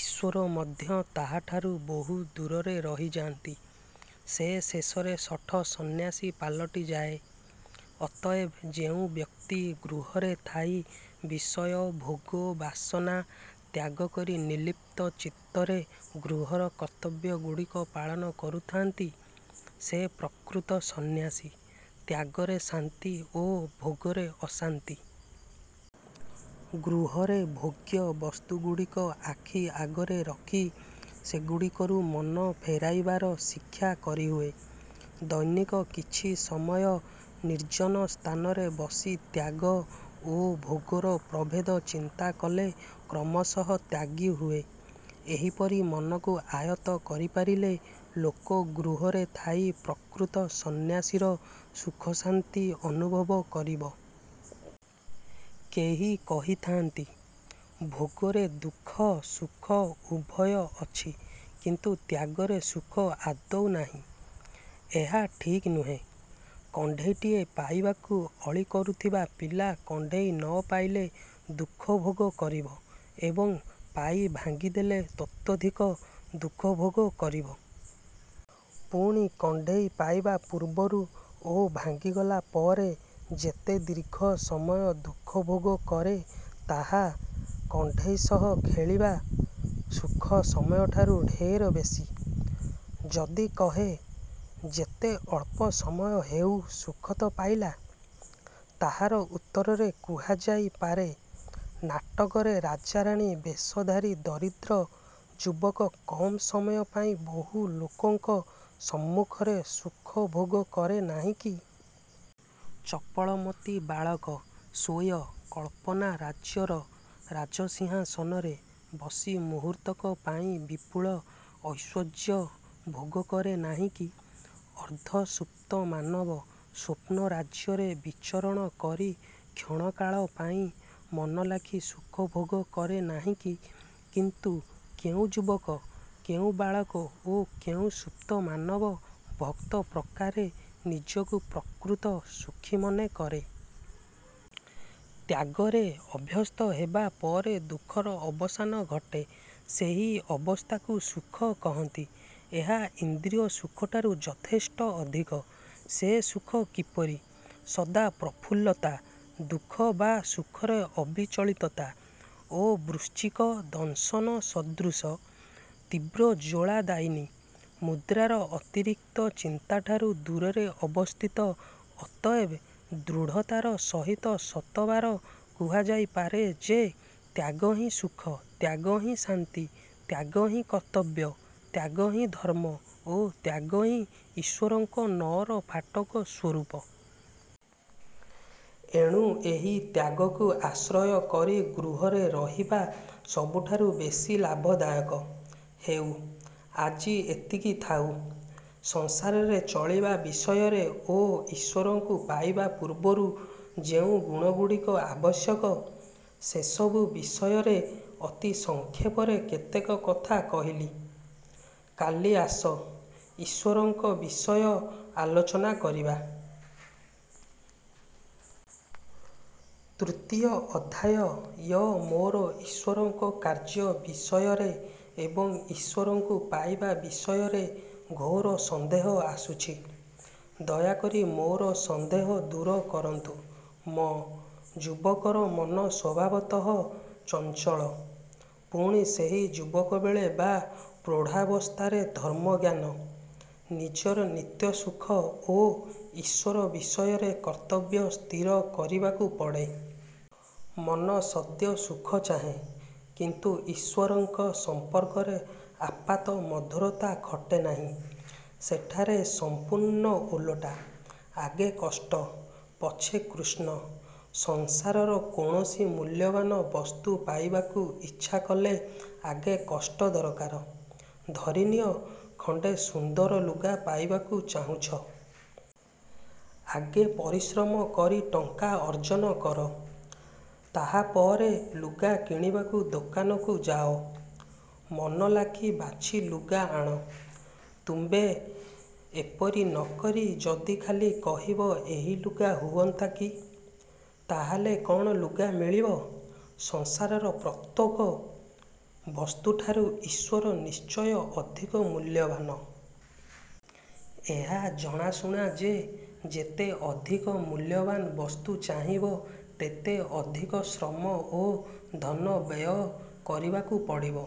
ଈଶ୍ଵର ମଧ୍ୟ ତାହାଠାରୁ ବହୁ ଦୂରରେ ରହିଯାନ୍ତି। ସେ ଶେଷରେ ଶଠ ସନ୍ନ୍ୟାସୀ ପାଲଟି ଯାଏ। ଅତଏବ ଯେଉଁବ୍ୟକ୍ତି ଗୃହରେ ଥାଇ ବିଷୟ-ଭୋଗ-ବାସନା ତ୍ୟାଗ କରି ନିର୍ଲିପ୍ତ ଚିତ୍ତରେ ଗୃହର କର୍ତ୍ତବ୍ୟଗୁଡ଼ିକ ପାଳନ କରୁଥାନ୍ତି, ସେ ପ୍ରକୃତ ସନ୍ନ୍ୟାସୀ। ତ୍ୟାଗରେ ଶାନ୍ତି ଓ ଭୋଗରେ ଅଶାନ୍ତି। ଗୃହରେ ଭୋଗ୍ୟ ବସ୍ତୁଗୁଡ଼ିକ ଆଖି ଆଗରେ ରଖି ସେଗୁଡ଼ିକରୁ ମନ ଫେରାଇବାର ଶିକ୍ଷା କରିହୁଏ। ଦୈନିକ କିଛି ସମୟ ନିର୍ଜନ ସ୍ଥାନରେ ବସି ତ୍ୟାଗ ଓ ଭୋଗର ପ୍ରଭେଦ ଚିନ୍ତା କଲେ କ୍ରମଶଃ ତ୍ୟାଗୀ ହୁଏ। ଏହିପରି ମନକୁ ଆୟତ୍ତ କରିପାରିଲେ ଲୋକ ଗୃହରେ ଥାଇ ପ୍ରକୃତ ସନ୍ନ୍ୟାସୀର ସୁଖଶାନ୍ତି ଅନୁଭବ କରିବ। କେହି କହିଥାନ୍ତି, "ଭୋଗରେ ଦୁଃଖ ସୁଖ ଉଭୟ ଅଛି କିନ୍ତୁ ତ୍ୟାଗରେ ସୁଖ ଆଦୌ ନାହିଁ", ଏହା ଠିକ୍ ନୁହେଁ। କଣ୍ଢେଇଟିଏ ପାଇବାକୁ ଅଳି କରୁଥିବା ପିଲା କଣ୍ଢେଇ ନ ପାଇଲେ ଦୁଃଖ ଭୋଗ କରିବ ଏବଂ ପାଇ ଭାଙ୍ଗିଦେଲେ ତତୋଽଧିକ ଦୁଃଖ ଭୋଗ କରିବ। ପୁଣି କଣ୍ଢେଇ ପାଇବା ପୂର୍ବରୁ ଓ ଭାଙ୍ଗିଗଲା ପରେ ଯେତେ ଦୀର୍ଘ ସମୟ ଦୁଃଖ ଭୋଗ କରେ, ତାହା କଣ୍ଢେଇ ସହ ଖେଳିବା ସୁଖ ସମୟଠାରୁ ଢେର ବେଶୀ। ଯଦି କହେ, "ଯେତେ ଅଳ୍ପ ସମୟ ହେଉ ସୁଖ ତ ପାଇଲା। " ତାହାର ଉତ୍ତରରେ କୁହାଯାଇ ପାରେ; ନାଟକରେ ରାଜାରାଣୀ ବେଶଧାରୀ ଦରିଦ୍ର ଯୁବକ କମ୍ ସମୟ ପାଇଁ ବହୁ ଲୋକଙ୍କ ସମ୍ମୁଖରେ ସୁଖ ଭୋଗ କରେ ନାହିଁ କି? ଚପଳମତି ବାଳକ ସ୍ଵୀୟ କଳ୍ପନା-ରାଜ୍ୟର ରାଜସିଂହାସନରେ ବସି ମୁହୂର୍ତ୍ତକ ପାଇଁ ବିପୁଳ ଐଶ୍ଵର୍ଯ୍ୟ ଭୋଗ କରେ ନାହିଁକି? ଅର୍ଦ୍ଧ ସୁପ୍ତ ମାନବ ସ୍ଵପ୍ନ ରାଜ୍ୟରେ ବିଚରଣ କରି କ୍ଷଣକାଳ ପାଇଁ ମନଲାଖି ସୁଖ ଭୋଗ କରେ ନାହିଁକି? କିନ୍ତୁ କେଉଁ ଯୁବକ, କେଉଁ ବାଳକ ଓ କେଉଁ ସୁପ୍ତ ମାନବ ଭକ୍ତ ପ୍ରକାରେ ନିଜକୁ ପ୍ରକୃତ ସୁଖୀ ମନେ କରେ? ତ୍ୟାଗରେ ଅଭ୍ୟସ୍ତ ହେବା ପରେ ଦୁଃଖର ଅବସାନ ଘଟେ। ସେହି ଅବସ୍ଥାକୁ ସୁଖ କହନ୍ତି। ଏହା ଇନ୍ଦ୍ରିୟ ସୁଖଠାରୁ ଯଥେଷ୍ଟ ଅଧିକ। ସେ ସୁଖ କିପରି? ସଦା ପ୍ରଫୁଲ୍ଲତା, ଦୁଃଖ ବା ସୁଖରେ ଅବିଚଳିତତା ଓ ବୃଶ୍ଚିକ-ଦଂଶନ-ସଦୃଶ ତୀବ୍ର ଜ୍ଵଳା ଦାୟିନୀ ମୁଦ୍ରାର ଅତିରିକ୍ତ ଚିନ୍ତାଠାରୁ ଦୂରରେ ଅବସ୍ଥିତ ଅତଏବ ଦୃଢ଼ତାର ସହିତ ଶତବାର କୁହାଯାଇପାରେ ଯେ; ତ୍ୟାଗହିଁ ସୁଖ, ତ୍ୟାଗହିଁ ଶାନ୍ତି, ତ୍ୟାଗହିଁ କର୍ତ୍ତବ୍ୟ, ତ୍ୟାଗହିଁ ଧର୍ମ ଓ ତ୍ୟାଗହିଁ ଈଶ୍ଵରଙ୍କ ନଅର ଫାଟକ ସ୍ୱରୂପ। ଏଣୁ ଏହି ତ୍ୟାଗକୁ ଆଶ୍ରୟ କରି ଗୃହରେ ରହିବା ସବୁଠାରୁ ବେଶୀ ଲାଭ ଦାୟକ। ହେଉ, ଆଜି ଏତିକି ଥାଉ। ସଂସାରରେ ଚଳିବା ବିଷୟରେ ଓ ଈଶ୍ଵରଙ୍କୁ ପାଇବା ପୂର୍ବରୁ ଯେଉଁ ଗୁଣଗୁଡ଼ିକ ଆବଶ୍ୟକ, ସେସବୁ ବିଷୟରେ ଅତି ସଂକ୍ଷେପରେ କେତେକ କଥା କହିଲି। କାଲି ଆସ, ଈଶ୍ଵରଙ୍କ ବିଷୟ ଆଲୋଚନା କରିବା। ତୃତୀୟ ଅଧ୍ୟାୟ ୟ-ମୋର ଈଶ୍ଵରଙ୍କ କାର୍ଯ୍ୟ ବିଷୟରେ ଏବଂ ଈଶ୍ଵରଙ୍କୁ ପାଇବା ବିଷୟରେ ଘୋର ସନ୍ଦେହ ଆସୁଛି। ଦୟାକରି ମୋର ସନ୍ଦେହ ଦୂର କରନ୍ତୁ। ମ-ଯୁବକର ମନ ସ୍ଵଭାବତଃ ଚଞ୍ଚଳ। ପୁଣି ସେହି ଯୁବକବେଳେ ବା ପ୍ରୋଢ଼ାବସ୍ଥାରେ ଧର୍ମଜ୍ଞାନ, ନିଜର ନିତ୍ୟସୁଖ ଓ ଈଶ୍ଵର ବିଷୟରେ କର୍ତ୍ତବ୍ୟ ସ୍ଥିର କରିବାକୁ ପଡ଼େ। ମନ ସଦ୍ୟସୁଖ ଚାହେଁ, କିନ୍ତୁ ଈଶ୍ଵରଙ୍କ ସମ୍ପର୍କରେ ଆପାତ ମଧୁରତା ଖଟେ ନାହିଁ। ସେଠାରେ ସମ୍ପୂର୍ଣ୍ଣ ଓଲଟା। ଆଗେ କଷ୍ଟ, ପଛେ କୃଷ୍ଣ। ସଂସାରର କୌଣସି ମୂଲ୍ୟବାନ ବସ୍ତୁ ପାଇବାକୁ ଇଚ୍ଛା କଲେ ଆଗେ କଷ୍ଟ ଦରକାର। ଧରିନିଅ, ଖଣ୍ଡେ ସୁନ୍ଦର ଲୁଗା ପାଇବାକୁ ଚାହୁଁଛ। ଆଗେ ପରିଶ୍ରମ କରି ଟଙ୍କା ଅର୍ଜନ କର, ତାହାପରେ ଲୁଗା କିଣିବାକୁ ଦୋକାନକୁ ଯାଅ। ମନଲାଖି ବାଛି ଲୁଗା ଆଣ। ତୁମ୍ଭେ ଏପରି ନ କରି ଯଦି ଖାଲି କହିବ ଏହି ଲୁଗା ହୁଅନ୍ତା କି? ତାହାହେଲେ କ'ଣ ଲୁଗା ମିଳିବ? ସଂସାରର ପ୍ରତ୍ୟେକ। ବସ୍ତୁଠାରୁ ଈଶ୍ଵର ନିଶ୍ଚୟ ଅଧିକ ମୂଲ୍ୟବାନ। ଏହା ଜଣାଶୁଣା କଥା ଯେ, ଯେତେ ଅଧିକ ମୂଲ୍ୟବାନ୍ ବସ୍ତୁ ଚାହିଁବ ତେତେ ଅଧିକ ଶ୍ରମ ଓ ଧନ ବ୍ୟୟ କରିବାକୁ ପଡ଼ିବ।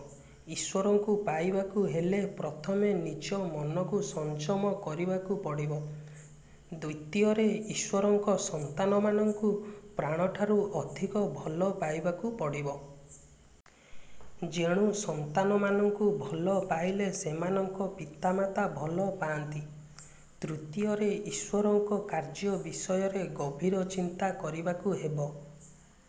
ଈଶ୍ଵରଙ୍କୁ ପାଇବାକୁ ହେଲେ ପ୍ରଥମେ ନିଜ ମନକୁ ସଂଯମ କରିବାକୁ ପଡ଼ିବ। ଦ୍ଵିତୀୟରେ ଈଶ୍ଵରଙ୍କ ସନ୍ତାନମାନଙ୍କୁ ପ୍ରାଣଠାରୁ ଅଧିକ ଭଲ ପାଇବାକୁ ପଡ଼ିବ। ଯେଣୁ ସନ୍ତାନମାନଙ୍କୁ ଭଲ ପାଇଲେ ସେମାନଙ୍କ ପିତାମାତା ଭଲ ପାଆନ୍ତି। ତୃତୀୟରେ ଈଶ୍ଵରଙ୍କ କାର୍ଯ୍ୟ ବିଷୟରେ ଗଭୀର ଚିନ୍ତା କରିବାକୁ ହେବ।